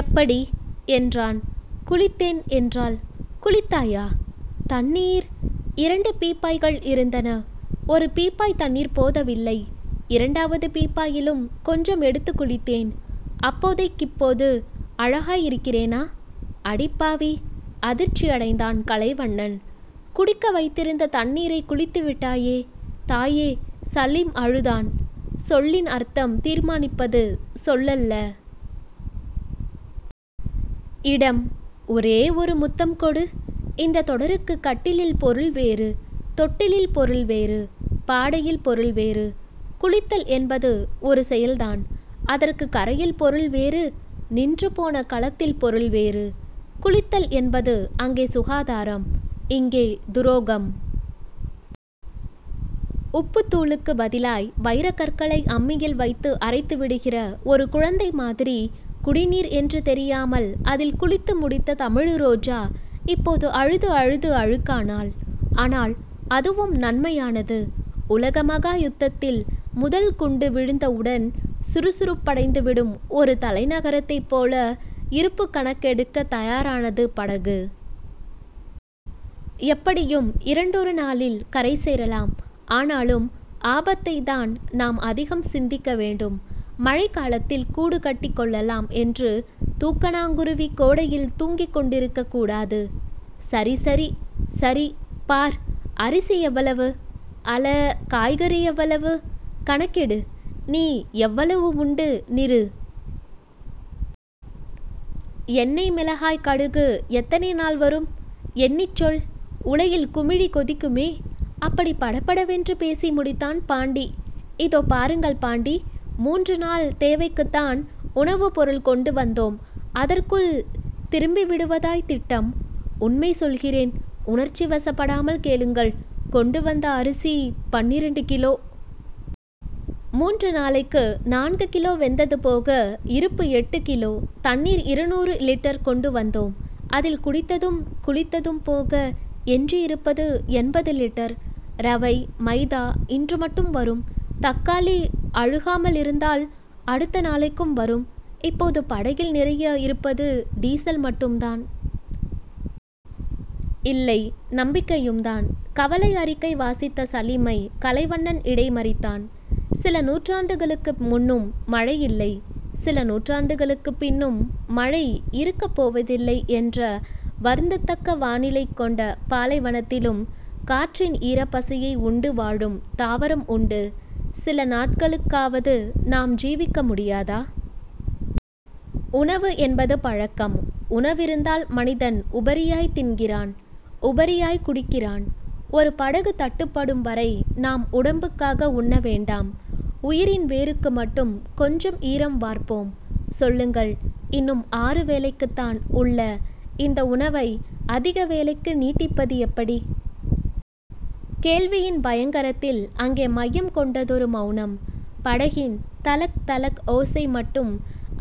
எப்படி? என்றான். குளித்தேன் என்றாள். குளித்தாயா? தண்ணீர்..? இரண்டு பீப்பாய்கள் இருந்தன. ஒரு பீப்பாய்த் தண்ணீர் போதவில்லை. இரண்டாவது பீப்பாயிலும் கொஞ்சம் எடுத்துக் குளித்தேன். அப்போதைக்கிப்போது அழகாய் இருக்கிறேனா? அடிப்பாவி. அதிர்ச்சியடைந்தான் கலைவண்ணன். குடிக்க வைத்திருந்த தண்ணீரைக் குளித்துவிட்டாயே தாயே சலீம் அழுதான். சொல்லின் அர்த்தம் தீர்மானிப்பது சொல்லல்ல. இடம். ஒரே ஒரு முத்தம் கொடு. இந்தத் தொடருக்குக் கட்டிலில் பொருள் வேறு. தொட்டிலில் பொருள் வேறு. பாடையில் பொருள் வேறு. குளித்தல் என்பது ஒரு செயல்தான். அதற்குக் கரையில் பொருள் வேறு. நின்றுபோன கலத்தில் பொருள் வேறு. குளித்தல் என்பது அங்கே சுகாதாரம். இங்கே துரோகம். உப்புத்தூளுக்குப் பதிலாய் வைரக்கற்களை அம்மியில் வைத்து அரைத்துவிடுகிற ஒரு குழந்தை மாதிரி குடிநீர் என்று தெரியாமல் அதில் குளித்து முடித்த தமிழ்ரோஜா இப்போது அழுது அழுது அழுக்கானாள். ஆனால், அதுவும் நன்மையானது. உலகமகா யுத்தத்தில் முதல் குண்டு விழுந்தவுடன் சுறுசுறுப்படைந்துவிடும் ஒரு தலைநகரத்தைப் போல இருப்புக் கணக்கெடுக்கத் தயாரானது படகு. எப்படியும் இரண்டொரு நாளில் கரை சேரலாம். ஆனாலும் ஆபத்தைத்தான் நாம் அதிகம் சிந்திக்க வேண்டும். மழைக்காலத்தில் கூடு கட்டிக் கொள்ளலாம் என்று தூக்கணாங்குருவி கோடையில் தூங்கிக்கொண்டிருக்கக் கூடாது. சரி... சரி... சரி பார். அரிசி எவ்வளவு? அள. காய்கறி எவ்வளவு? கணக்கெடு. நீ எவ்வளவுண்டு நிறு. எண்ணெய் மிளகாய் கடுகு எத்தனை நாள் வரும்? எண்ணிச் சொல். உலையில் குமிழி கொதிக்குமே. அப்படிப் படபடவென்று பேசி முடித்தான் பாண்டி. இதோ பாருங்கள் பாண்டி. முன்று நாள் தேவைக்குத்தான் உணவுப்பொருள் கொண்டு வந்தோம். அதற்குள் திரும்பிவிடுவதாய்த் திட்டம். உண்மை சொல்கிறேன். உணர்ச்சிவசப்படாமல் கேளுங்கள். கொண்டு வந்த அரிசி பன்னிரண்டு கிலோ. முன்று நாளைக்கு. நான்கு கிலோ வெந்தது போக, இருப்பு எட்டு கிலோ. தண்ணீர் இருநூறு லிட்டர் கொண்டு வந்தோம். அதில் குடித்ததும் குளித்ததும் போக எஞ்சியிருப்பது எண்பது லிட்டர். ரவை, மைதா இன்றுமட்டும் வரும். தக்காளி அழுகாமலிருந்தால் அடுத்த நாளைக்கும் வரும். இப்போது படகில் நிறைய இருப்பது டீசல் மட்டும்தான். இல்லை. நம்பிக்கையும்தான். கவலைஅறிக்கை வாசித்த சலீமைக் கலைவண்ணன் இடைமறித்தான். சில நூற்றாண்டுகளுக்கு முன்னும் மழை இல்லை. சில நூற்றாண்டுகளுக்குப் பின்னும் மழை இருக்கப் போவதில்லை என்ற வருந்தத்தக்க வானிலை கொண்ட பாலைவனத்திலும் காற்றின் ஈரப்பசையை உண்டு வாழும் தாவரம் உண்டு. சில நாட்களுக்காவது நாம் ஜீவிக்க முடியாதா? உணவு என்பது பழக்கம். உணவிருந்தால் மனிதன் உபரியாய்த் தின்கிறான். உபரியாய்க் குடிக்கிறான். ஒரு படகு தட்டுப்படும் வரை நாம் உடம்புக்காக உண்ண வேண்டாம். உயிரின் வேருக்கு மட்டும் கொஞ்சம் ஈரம் வார்ப்போம். சொல்லுங்கள்... இன்னும் ஆறு வேளைக்குத்தான் உள்ள இந்த உணவை அதிக வேளைக்கு நீட்டிப்பது எப்படி? கேள்வியின் பயங்கரத்தில் அங்கே மையம் கொண்டதொரு மெளனம். படகின் தளக், தளக், ஓசை மட்டும்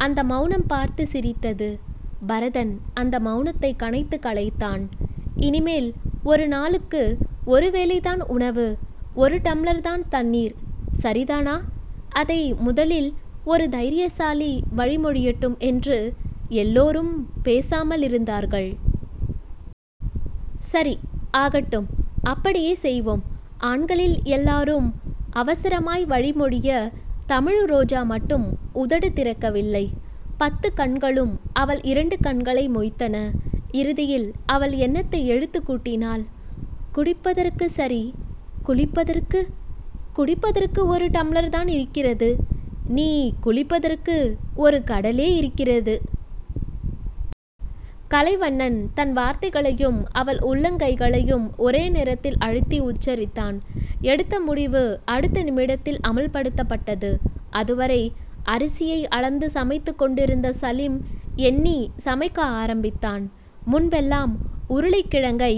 அந்த மெளனம் பார்த்துச் சிரித்தது. பரதன் அந்த மெளனத்தைக் கனைத்துக் கலைத்தான். இனிமேல் ஒரு நாளுக்கு ஒரு வேளைதான் உணவு. ஒரு டம்ளர்தான் தண்ணீர். சரிதானா? அதை முதலில் ஒரு தைரியசாலி வழிமொழியட்டும் என்று எல்லோரும் பேசாமலிருந்தார்கள். சரி... ஆகட்டும்... அப்படியே செய்வோம்... ஆண்களில் எல்லோரும் அவசரமாய் வழிமொழிய, தமிழ்ரோஜா மட்டும் உதடுதிறக்கவில்லை. பத்துக் கண்களும் அவள் இரண்டு கண்களை மொய்த்தன. இறுதியில் அவள் எண்ணத்தை எழுத்துக் கூட்டினாள். குடிப்பதற்குச் சரி... குளிப்பதற்கு..? குடிப்பதற்கு ஒரு டம்ளர்தான் இருக்கிறது. நீ குளிப்பதற்கு ஒரு கடலே இருக்கிறது. கலைவண்ணன் தன் வார்த்தைகளையும் அவள் உள்ளங்கைகளையும் ஒரே நேரத்தில் அழுத்தி உச்சரித்தான். எடுத்த முடிவு அடுத்த நிமிடத்தில் அமல்படுத்தப்பட்டது. அதுவரை அரிசியை அளந்து சமைத்துக்கொண்டிருந்த சலீம் எண்ணிச் சமைக்க ஆரம்பித்தான். முன்பெல்லாம் உருளைக்கிழங்கை